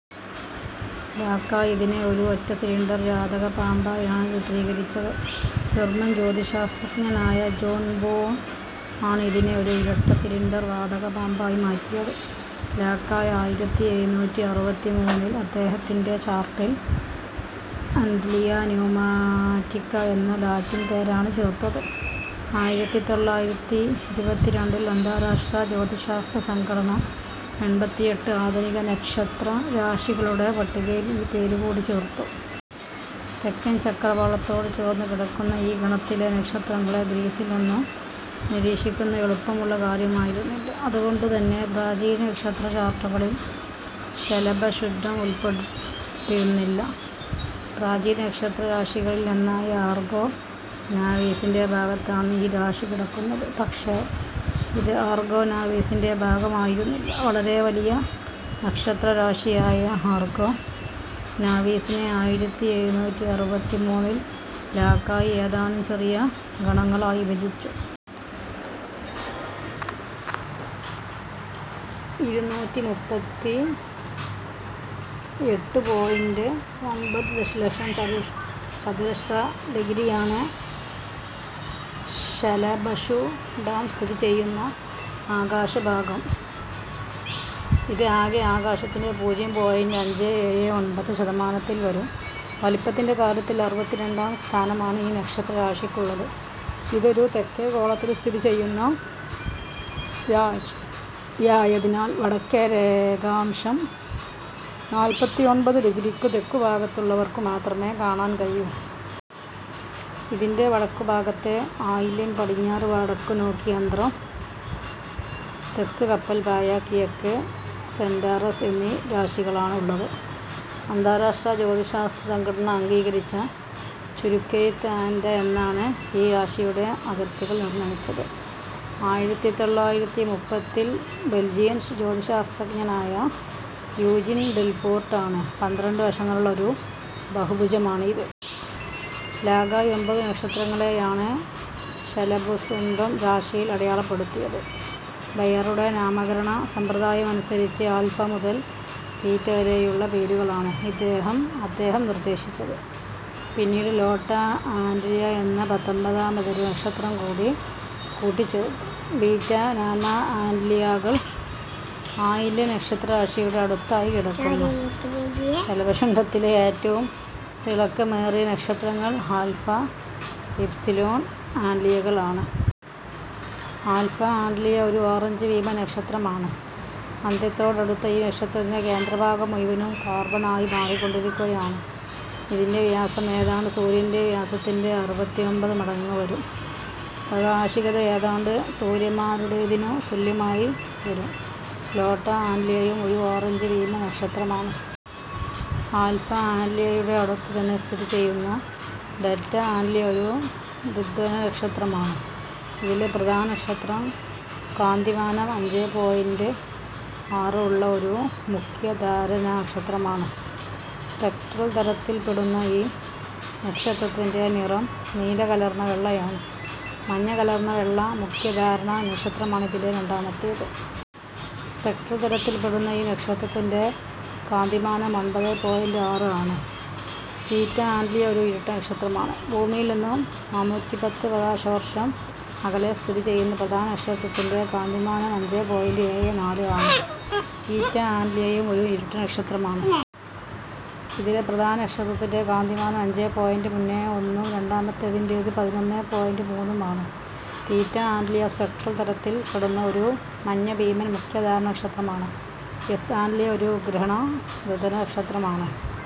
Lacaille ഇതിനെ ഒരു ഒറ്റ സിലിണ്ടർ വാതക പമ്പായാണ് ചിത്രീകരിച്ചത്. ജർമ്മൻ ജ്യോതിഃശാസ്ത്രജ്ഞനായ ജോൺ ബോഡ് ആണ് ഇതിനെ ഒരു ഇരട്ട സിലിണ്ടർ വാതക പമ്പായി മാറ്റിയത്. ലാകായ് ആയിരത്തിഎഴുനൂറ്റിഅറുപത്തിമൂന്നിൽ അദ്ദേഹത്തിന്റെ ചാർട്ടിൽ അന്റ്ലിയ ന്യുമാറ്റിക്ക എന്ന ലാറ്റിൻ പേരാണ് ചേർത്തത്. ആയിരത്തിതൊള്ളായിരത്തിഇരുപത്തിരണ്ടിൽ അന്താരാഷ്ട്ര ജ്യോതിശാസ്ത്ര സംഘടന എൺപത്തിയെട്ട് ആധുനിക നക്ഷത്രരാശികളുടെ പട്ടികയിൽ ഈ പേരു കൂടി ചേർത്തു. തെക്കൻ ചക്രവാളത്തോട് ചേർന്നു കിടക്കുന്ന ഈ ഗണത്തിലെ നക്ഷത്രങ്ങളെ ഗ്രീസിൽ നിന്നും നിരീക്ഷിക്കുന്നത് എളുപ്പമുള്ള കാര്യമായിരുന്നില്ല. അതുകൊണ്ടുതന്നെ പ്രാചീന നക്ഷത്രചാർട്ടുകളിൽ ശലഭശുണ്ഡം ഉൾപ്പെട്ടിരുന്നുമില്ല. പ്രാചീന നക്ഷത്രരാശികളിൽ ഒന്നായ ആർഗോ നാവീസിന്റെ ഭാഗത്താണ് ഈ രാശി കിടക്കുന്നത്. പക്ഷെ ഇത് ആർഗോ നാവീസിന്റെ ഭാഗമായിരുന്നില്ല. വളരെ വലിയ നക്ഷത്രരാശിയായ ആർഗോ നാവീസിനെ ആയിരത്തിഎഴുനൂറ്റിഅറുപത്തിമൂന്നിൽ ലാകായ് ഏതാനും ചെറിയ ഗണങ്ങളായി വിഭജിച്ചു. ഇരുനൂറ്റിമുപ്പത്തിയെട്ടെ പോയിന്റ് ഒൻപത് ദശാംശം ചതുരശ്ര ഡിഗ്രിയാണ് ശലഭശുണ്ഡം സ്ഥിതി ചെയ്യുന്ന ആകാശഭാഗം. ഇത് ആകെ ആകാശത്തിന്റെ പൂജ്യം പോയിന്റ് അഞ്ചേ ഏഴേ ഒൻപത് ശതമാനത്തിൽ വരും. വലിപ്പത്തിന്റെ കാര്യത്തിൽ അറുപത്തിരണ്ടാം സ്ഥാനമാണ് ഈ നക്ഷത്രരാശിക്കുള്ളത്. ഇതൊരു തെക്കെ ഗോളത്തിൽ സ്ഥിതി ചെയ്യുന്ന രാശിയായതിനാൽ വടക്കെ രേഖാംശം നാല്പത്തിഒൻപത് ഡിഗ്രിക്കു തെക്കുഭാഗത്തുള്ളവർക്കു മാത്രമേ കാണാൻ കഴിയൂ. ഇതിന്റെ വടക്കുഭാഗത്ത് ആയില്യൻ, പടിഞ്ഞാറ് വടക്കുനോക്കിയന്ത്രം, തെക്ക് കപ്പൽപ്പായ, കിഴക്ക് സെന്റാറസ് എന്നീ രാശികളാണ് ഉള്ളത്. അന്താരാഷ്ട്ര ജ്യോതിശാസ്ത്ര സംഘടന അംഗീകരിച്ച ചുരുക്കെഴുത്ത് ആന്റ് എന്നാണ്. ഈ രാശിയുടെ അതിർത്തികൾ നിർണ്ണയിച്ചത് ആയിരത്തിതൊള്ളായിരത്തിമുപ്പതിൽ ബൽജിയൻ ജ്യോതിഃശാസ്ത്രജ്ഞനായ യൂജിൻ ഡെൽപോർട്ട് ആണ്. പന്ത്രണ്ട് വശങ്ങളുള്ള ഒരു ബഹുഭുജമാണ് ഇത്. ലകായ് ഒമ്പതു നക്ഷത്രങ്ങളെയാണ് ശലഭശുണ്ഡം രാശിയിൽ അടയാളപ്പെടുത്തിയത്. ബെയറുടെ നാമകരണ സമ്പ്രദായം അനുസരിച്ച് ആൽഫ മുതൽ തീറ്റ വരെയുള്ള പേരുകളാണ് അദ്ദേഹം നിർദ്ദേശിച്ചത്. പിന്നീട് ലോട്ട ആന്റ്ലിയ എന്ന പത്താമതൊരു നക്ഷത്രം കൂടി കൂട്ടിച്ചേർത്തു. ബീറ്റ, ഗാമ ആന്റ്ലിയകൾ ആയില്യൻ നക്ഷത്രരാശിയുടെ അടുത്തായി കിടക്കുന്നു. ശലഭശുണ്ഡത്തിലെ ഏറ്റവും തിളക്കമേറിയ നക്ഷത്രങ്ങൾ ആൽഫ, എപ്സിലോൺ ആന്റ്ലിയകൾ ആണ്. ആൽഫ ആന്റ്ലിയ ഒരു ഓറഞ്ച് ഭീമൻ നക്ഷത്രമാണ്. അന്ത്യത്തോടടുത്ത ഈ നക്ഷത്രത്തിന്റെ കേന്ദ്രഭാഗം മുഴുവനും കാർബൺ ആയി മാറിക്കൊണ്ടിരിക്കുകയാണ്. ഇതിന്റെ വ്യാസം ഏതാണ്ട് സൂര്യന്റെ വ്യാസത്തിന്റെ അറുപത്തിഒൻപത് മടങ്ങു വരും. പ്രാകാശികത ഏതാണ്ട് സൂര്യന്മാരുടേതിനു തുല്യമായി വരും. ലോട്ട ആന്റ്ലിയയും ഒരു ഓറഞ്ച് ഭീമൻ നക്ഷത്രമാണ്. ആൽഫ ആന്റ്ലിയയുടെ അടുത്തു തന്നെ സ്ഥിതി ചെയ്യുന്ന ഡെൽറ്റ ആന്റ്ലിയ ഒരു ദ്വന്ദ്വനക്ഷത്രം ആണ്. ഇതിലെ പ്രധാന നക്ഷത്രം കാന്തിമാനം അഞ്ചേ പോയിന്റ് ആറ് ഉള്ള ഒരു മുഖ്യധാരാനക്ഷത്രമാണ്. സ്പെക്ട്രൽ തരത്തിൽ പെടുന്ന ഈ നക്ഷത്രത്തിന്റെ നിറം നീല കലർന്ന വെള്ളയാണ്. മഞ്ഞ കലർന്ന വെള്ള മുഖ്യധാരാനക്ഷത്രമാണ് ഇതിലെ രണ്ടാമത്തേത്. സ്പെക്ട്രൽ തരത്തിൽ പെടുന്ന ഈ നക്ഷത്രത്തിന്റെ കാന്തിമാനം ഒൻപതേ പോയിന്റ് ആറ് ആണ്. സീറ്റ ആന്റ്ലിയ ഒരു ഇരട്ട നക്ഷത്രമാണ്. ഭൂമിയിൽ നിന്നും നാണൂറ്റിപത്ത് പ്രകാശവർഷം അകലെ സ്ഥിതി ചെയ്യുന്ന പ്രധാന നക്ഷത്രത്തിന്റെ കാന്തിമാനം അഞ്ചേ പോയിന്റ് ഏഴേ നാല് ആണ്. ഈറ്റ ആന്റ്ലിയയും ഒരു ഇരട്ട നക്ഷത്രമാണ്. ഇതിലെ പ്രധാന നക്ഷത്രത്തിന്റെ കാന്തിമാനം അഞ്ചേ പോയിന്റ് മുന്നേ ഒന്നും രണ്ടാമത്തേതിന്റേത് പതിനൊന്നേ പോയിന്റ് മൂന്നും ആണ്. തീറ്റ ആന്റ്ലിയ സ്പെക്ട്രൽ തരത്തിൽ പെടുന്ന ഒരു മഞ്ഞഭീമൻ മുഖ്യധാരാനക്ഷത്രമാണ്. എസ് ആന്റ്ലിയ ഒരു ഗ്രഹണ ദ്വന്ദ്വനക്ഷത്രം ആണ്.